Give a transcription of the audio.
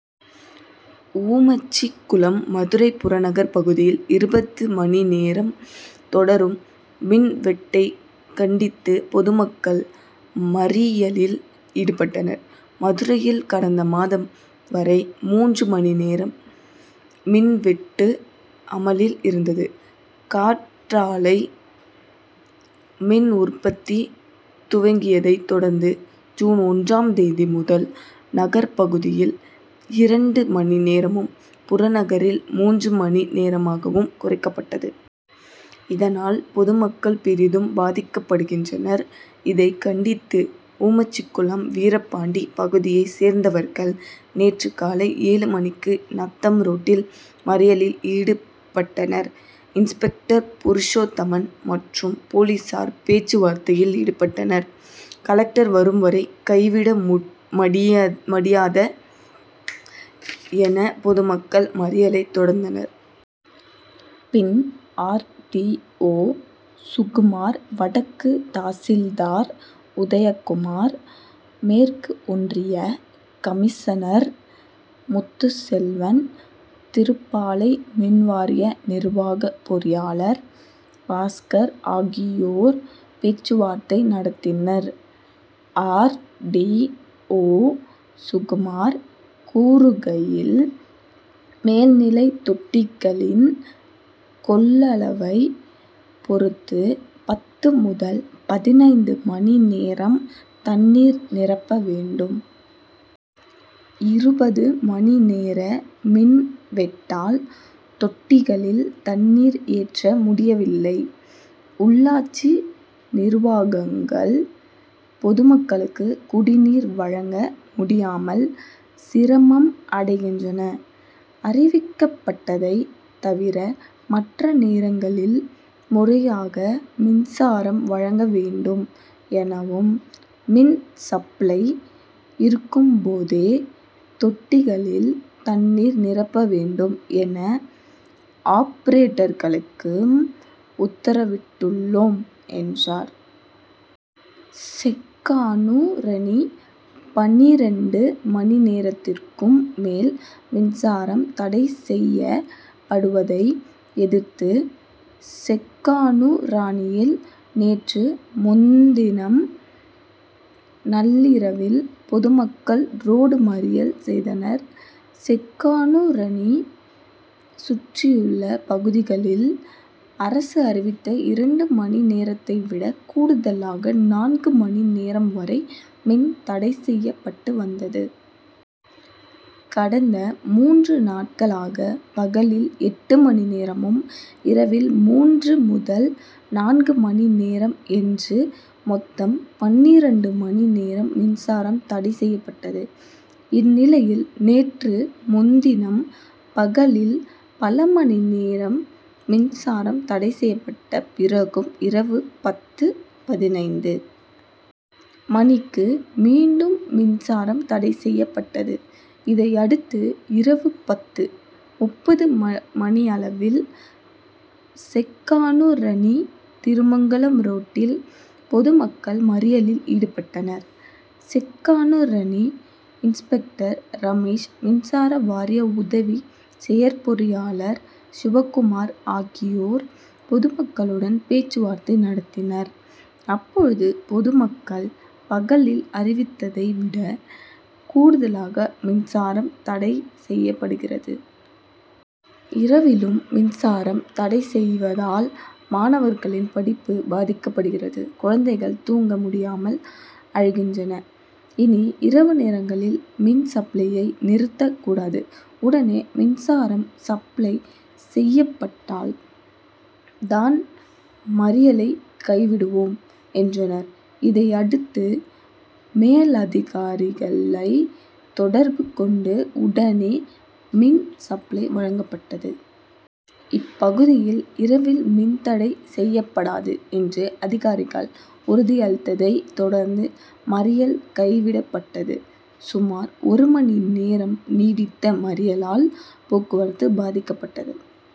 ஊமச்சிகுளம் மதுரை புறநகர் பகுதியில் இருபது மணி நேரம் தொடரும் மின்வெட்டை கண்டித்து பொதுமக்கள் மறியலில் ஈடுபட்டனர். மதுரையில் கடந்த மாதம் வரை மூன்று மணி நேரம் மின்வெட்டு அமலில் இருந்தது. காற்றாலை மின் உற்பத்தி துவங்கியதை தொடர்ந்து ஜூன் ஒன்றாம் தேதி முதல் நகர் பகுதியில் இரண்டு மணி நேரமும், புறநகரில் மூன்று மணி நேரமாகவும் குறைக்கப்பட்டது. இதனால் பொதுமக்கள் பெரிதும் பாதிக்கப்படுகின்றனர். இதை கண்டித்து ஊமச்சிகுளம், வீரபாண்டி பகுதியை சேர்ந்தவர்கள் நேற்று காலை ஏழு மணிக்கு நத்தம் ரோட்டில் மறியலில் ஈடுபட்டனர். இன்ஸ்பெக்டர் புருஷோத்தமன் மற்றும் போலீசார் பேச்சுவார்த்தையில் ஈடுபட்டனர். கலெக்டர் வரும் வரை கைவிட மடியாத என பொதுமக்கள் மறியலை தொடர்ந்தனர். பின் ஆர். டி. ஓ., சுகுமார், வடக்கு தாசில்தார் உதயக்குமார், மேற்கு ஒன்றிய கமிஷனர் முத்துசெல்வன், திருப்பாலை மின்வாரிய நிர்வாக பொறியாளர் பாஸ்கர் ஆகியோர் பேச்சுவார்த்தை நடத்தினர். ஆர். டி. ஓ., சுகுமார் கூறுகையில், மேல்நிலைத் தொட்டிகளின் கொள்ளளவை பொறுத்து பத்து முதல் பதினைந்து மணி நேரம் தண்ணீர் நிரப்ப வேண்டும். இருபது மணி நேர மின்வெட்டால் தொட்டிகளில் தண்ணீர் ஏற்ற முடியவில்லை. உள்ளாட்சி நிர்வாகங்கள் பொதுமக்களுக்கு குடிநீர் வழங்க முடியாமல் சிரமம் அடைகின்றன. அறிவிக்கப்பட்டதை தவிர மற்ற நேரங்களில் முறையாக மின்சாரம் வழங்க வேண்டும் எனவும், மின்சப்ளை இருக்கும்போதே தொட்டிகளில் தண்ணீர் நிரப்ப வேண்டும் என ஆப்ரேட்டர்களுக்கும் உத்தரவிட்டுள்ளோம், என்றார். செக்கானூரணி பன்னிரண்டு மணி நேரத்திற்கும் மேல் மின்சாரம் தடை செய்யப்படுவதை எதிர்த்து செக்கானூராணியில் நேற்று முன்தினம் நள்ளிரவில் பொதுமக்கள் ரோடு மறியல் செய்தனர். செக்கானூரணி, சுற்றியுள்ள பகுதிகளில் அரசு அறிவித்த இரண்டு மணி நேரத்தைவிட கூடுதலாக நான்கு மணி நேரம்வரை மின் தடை செய்யப்பட்டு வந்தது. கடந்த மூன்று நாட்களாக பகலில் எட்டு மணி நேரமும், இரவில் மூன்று முதல் நான்கு மணி நேரம் என்று மொத்தம் பன்னிரண்டு மணி நேரம் மின்சாரம் தடை செய்யப்பட்டது. இந்நிலையில் நேற்று முன்தினம் பகலில் பல மணி நேரம் மின்சாரம் தடை செய்யப்பட்ட பிறகும் இரவு பத்து.பதினைந்து மணிக்கு மீண்டும் மின்சாரம் தடை செய்யப்பட்டது. இதையடுத்து இரவு பத்து.முப்பது மணியளவில் செக்கானூரணி-திருமங்கலம் ரோட்டில் பொது மக்கள் மறியலில் ஈடுபட்டனர். செக்கானூரணி இன்ஸ்பெக்டர் ரமேஷ், மின்சார வாரிய உதவி செயற்பொறியாளர் சிவக்குமார் ஆகியோர் பொதுமக்களுடன் பேச்சுவார்த்தை நடத்தினர். அப்போது பொதுமக்கள் பகலில் அறிவித்ததை விட கூடுதலாக மின்சாரம் தடை செய்யப்படுகிறது. இரவிலும் மின்சாரம் தடை செய்வதால் மாணவர்களின் படிப்பு பாதிக்கப்படுகிறது. குழந்தைகள் தூங்க முடியாமல் அழுகின்றன. இனி இரவு நேரங்களில் மின் சப்ளையை நிறுத்த கூடாது. உடனே மின்சாரம் சப்ளை செய்யப்பட்டால் தான் மறியலை கைவிடுவோம் என்றனர். இதையடுத்து மேலதிகாரிகளை தொடர்பு கொண்டு உடனே மின் சப்ளை வழங்கப்பட்டது. இப்பகுதியில் இரவில் மின் தடை செய்யப்படாது என்று அதிகாரிகள் உறுதியளித்ததைத் தொடர்ந்து மறியல் கை விடப்பட்டது. சுமார் ஒரு மணி நேரம் நீடித்த மறியலால் போக்குவரத்து பாதிக்கப்பட்டது.